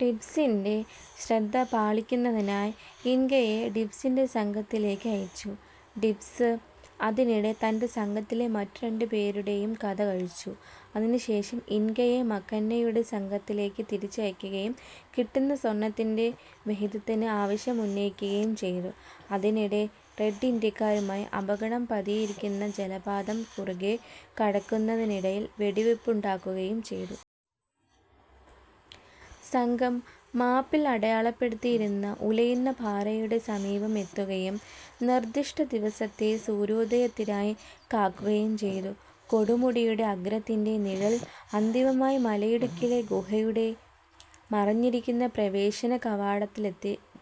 ടിബ്സിന്റെ ശ്രദ്ധ പാളിക്കുന്നതിനായി ഇന്ഗയെ ടിബ്സിന്റെ സംഘത്തിലേയ്ക്കു് അയച്ചു. ടിബ്സ് അതിനിടെ തന്റെ സംഘത്തിലെ മറ്റു രണ്ടു പേരുടെയും കഥ കഴിച്ചു. അതിനു ശേഷം ഇന്ഗയെ മക്കന്നയുടെ സംഘത്തിലേയ്ക്കു തിരിച്ചയയ്ക്കുകയും കിട്ടുന്ന സ്വർണ്ണത്തിന്റെ വിഹിതത്തിന് ആവശ്യമുന്നയിക്കുകയും ചെയ്തു. അതിനിടെ റെഡ് ഇന്ത്യക്കാരുമായി അപകടം പതിയിരിക്കുന്ന ജലപാതം കുറുകെ കടക്കുന്നതിനിടയിൽ വെടിവെപ്പുണ്ടാകുകയും ചെയ്തു. സംഘം മാപ്പിൽ അടയാളപ്പെടുത്തിയിരുന്ന ഉലയുന്ന പാറയുടെ സമീപം എത്തുകയും നിർദ്ദിഷ്ട ദിവസത്തെ സൂര്യോദയത്തിനായി കാക്കുകയും ചെയ്തു. കൊടുമുടിയുടെ അഗ്രത്തിന്റെ നിഴൽ അന്തിമമായി മലയിടുക്കിലെ ഗുഹയുടെ മറഞ്ഞിരിക്കുന്ന പ്രവേശന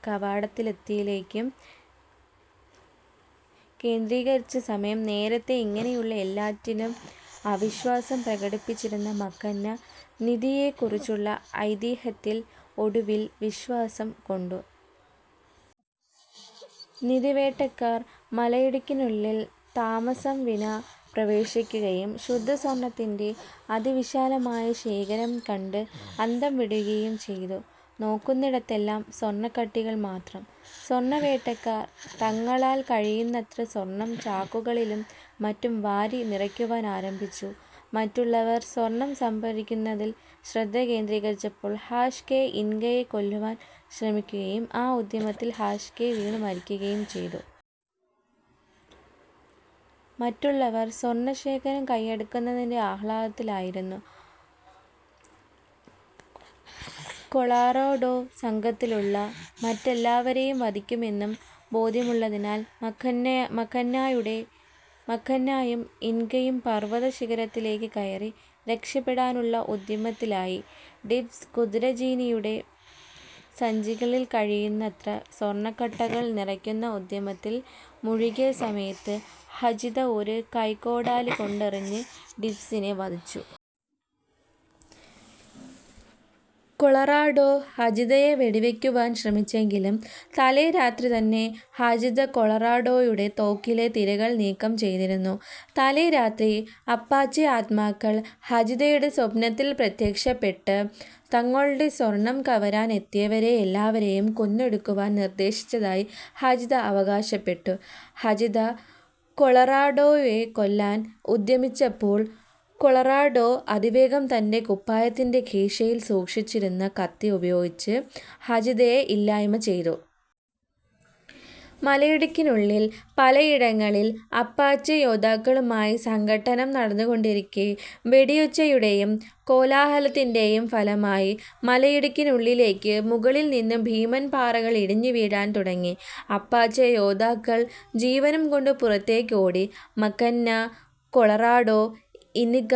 കവാടത്തിലെത്തിലേയ്ക്കു കേന്ദ്രീകരിച്ച സമയം നേരത്തേ ഇങ്ങനെയുള്ള എല്ലാറ്റിലും അവിശ്വാസം പ്രകടിപ്പിച്ചിരുന്ന മക്കന്ന നിധിയെക്കുറിച്ചുള്ള ഐതിഹ്യത്തിൽ ഒടുവിൽ വിശ്വാസം കൊണ്ടു. നിധിവേട്ടക്കാർ മലയിടുക്കിനുള്ളിൽ താമസംവിനാ പ്രവേശിക്കുകയും ശുദ്ധ സ്വർണ്ണത്തിന്റെ അതിവിശാലമായ ശേഖരം കണ്ട് അന്തം വിടുകയും ചെയ്തു. നോക്കുന്നിടത്തെല്ലാം സ്വർണ്ണക്കട്ടികൾ മാത്രം. സ്വർണ്ണ വേട്ടക്കാർ തങ്ങളാൽ കഴിയുന്നത്ര സ്വർണ്ണം ചാക്കുകളിലും മറ്റു വാരി നിറയ്ക്കുവാൻ ആരംഭിച്ചു. മറ്റുള്ളവർ സ്വർണ്ണം സംഭരിക്കുന്നതിൽ ശ്രദ്ധ കേന്ദ്രീകരിച്ചപ്പോൾ ഹാഷ്-കെ ഇന്ഗയെ കൊല്ലുവാൻ ശ്രമിക്കുകയും ആ ഉദ്യമത്തിൽ ഹാഷ്-കെ വീണു മരിക്കുകയും ചെയ്തു. മറ്റുള്ളവർ സ്വർണ്ണ ശേഖരം കയ്യടക്കുന്നതിന്റെ ആഹ്ലാദത്തിൽ ആയിരുന്നു. കൊളറാഡൊ സംഘത്തിലുള്ള മറ്റെല്ലാവരെയും വധിക്കുമെന്നു ബോദ്ധ്യമുള്ളതിനാൽ മക്കന്നായും ഇന്ഗയും പർവ്വത ശിഖരത്തിലേയ്ക്കു കയറി രക്ഷപെടാനുള്ള ഉദ്യമത്തിലായി. ടിബ്സ് കുതിരജീനിയുടെ സഞ്ചികളിൽ കഴിയുന്നത്ര സ്വർണ്ണക്കട്ടകൾ നിറയ്ക്കുന്ന ഉദ്യമത്തിൽ മുഴുകിയ സമയത്ത് ഹചിത ഒരു കൈക്കോടാലി കൊണ്ടെറിഞ്ഞ് ടിബ്സിനെ വധിച്ചു. കൊളറാഡൊ, ഹചിതയെ വെടിവയ്ക്കുവാൻ ശ്രമിച്ചെങ്കിലും തലേ രാത്രി തന്നെ ഹചിത കൊളറാഡോയുടെ തോക്കിലെ തിരകൾ നീക്കം ചെയ്തിരുന്നു. തലേ രാത്രി അപ്പാച്ചെ ആത്മാക്കൾ ഹചിതയുടെ സ്വപ്നത്തിൽ പ്രത്യക്ഷപ്പെട്ട് തങ്ങളുടെ സ്വർണ്ണം കവരാൻ എത്തിയവരെ എല്ലാവരെയും കൊന്നൊടുക്കുവാൻ നിർദ്ദേശിച്ചതായി ഹചിത ആവകാശപ്പെട്ടു. ഹചിത കൊളറാഡോയെ കൊല്ലാൻ ഉദ്യമിച്ചപ്പോൾ കൊളറാഡൊ അതിവേഗം തന്റെ കുപ്പായത്തിന്റെ കീശയിൽ സൂക്ഷിച്ചിരുന്ന കത്തി ഉപയോഗിച്ച് ഹചിതയെ ഇല്ലായ്മ ചെയ്തു. മലയിടുക്കിനുള്ളിൽ പലയിടങ്ങളിൽ അപ്പാച്ചെ യോദ്ധാക്കളുമായി സംഘട്ടനം നടന്നുകൊണ്ടിരിക്കെ വെടിയൊച്ചയുടെയും കോലാഹലത്തിന്റെയും ഫലമായി മലയിടുക്കിനുള്ളിലേയ്ക്കു മുകളിൽ നിന്നു ഭീമൻ പാറകൾ ഇടിഞ്ഞുവീഴാൻ തുടങ്ങി. അപ്പാച്ചെ യോദ്ധാക്കൾ ജീവനും കൊണ്ട് പുറത്തേയ്ക്ക് ഓടി. മക്കന്ന, കൊളറാഡൊ, ഇന്ഗ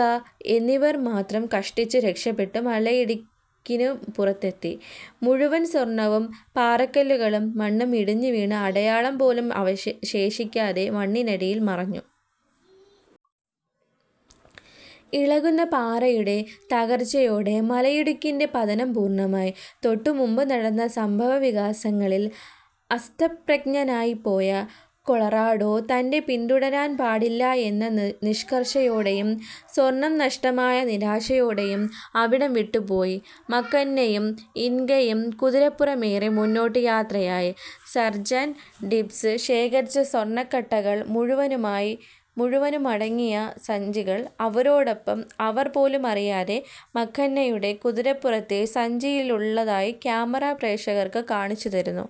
എന്നിവർ മാത്രം കഷ്ടിച്ചു രക്ഷപെട്ടു മലയിടുക്കിനു പുറത്തെത്തി. മുഴുവൻ സ്വർണ്ണവും പാറക്കല്ലുകളും മണ്ണും ഇടിഞ്ഞുവീട് അടയാളം പോലും ശേഷിപ്പിക്കാതെ മണ്ണിനടിയിൽ മറഞ്ഞു. ഇളകുന്ന പാറയുടെ തകർച്ചയോടെ മലയിടുക്കിന്റെ പതനം പൂർണ്ണമായി. തൊട്ടു മുമ്പ് നടന്ന സംഭവവികാസങ്ങളിൽ അസ്തപ്രജ്ഞനായിപ്പോയ കൊളറാഡൊ തന്നെ പിന്തുടരാൻ പാടില്ല എന്ന നിഷ്കർഷയോടെയും സ്വർണ്ണം നഷ്ടമായ നിരാശയോടെയും അവിടം വിട്ടു പോയി. മക്കന്നയും ഇന്ഗയും കുതിരപ്പുറമേറി മുന്നോട്ടു യാത്രയായി. സാർജന്റ് ടിബ്സ് ശേഖരിച്ച സ്വർണ്ണക്കട്ടകൾ മുഴുവനുമടങ്ങിയ സഞ്ചികൾ അവരോടൊപ്പം അവർ പോലുമറിയാതെ മക്കന്നായുടെ കുതിരപ്പുറത്തെ സഞ്ചിയിലുള്ളതായി ക്യാമറ പ്രേക്ഷകർക്കു കാണിച്ചു തരുന്നു.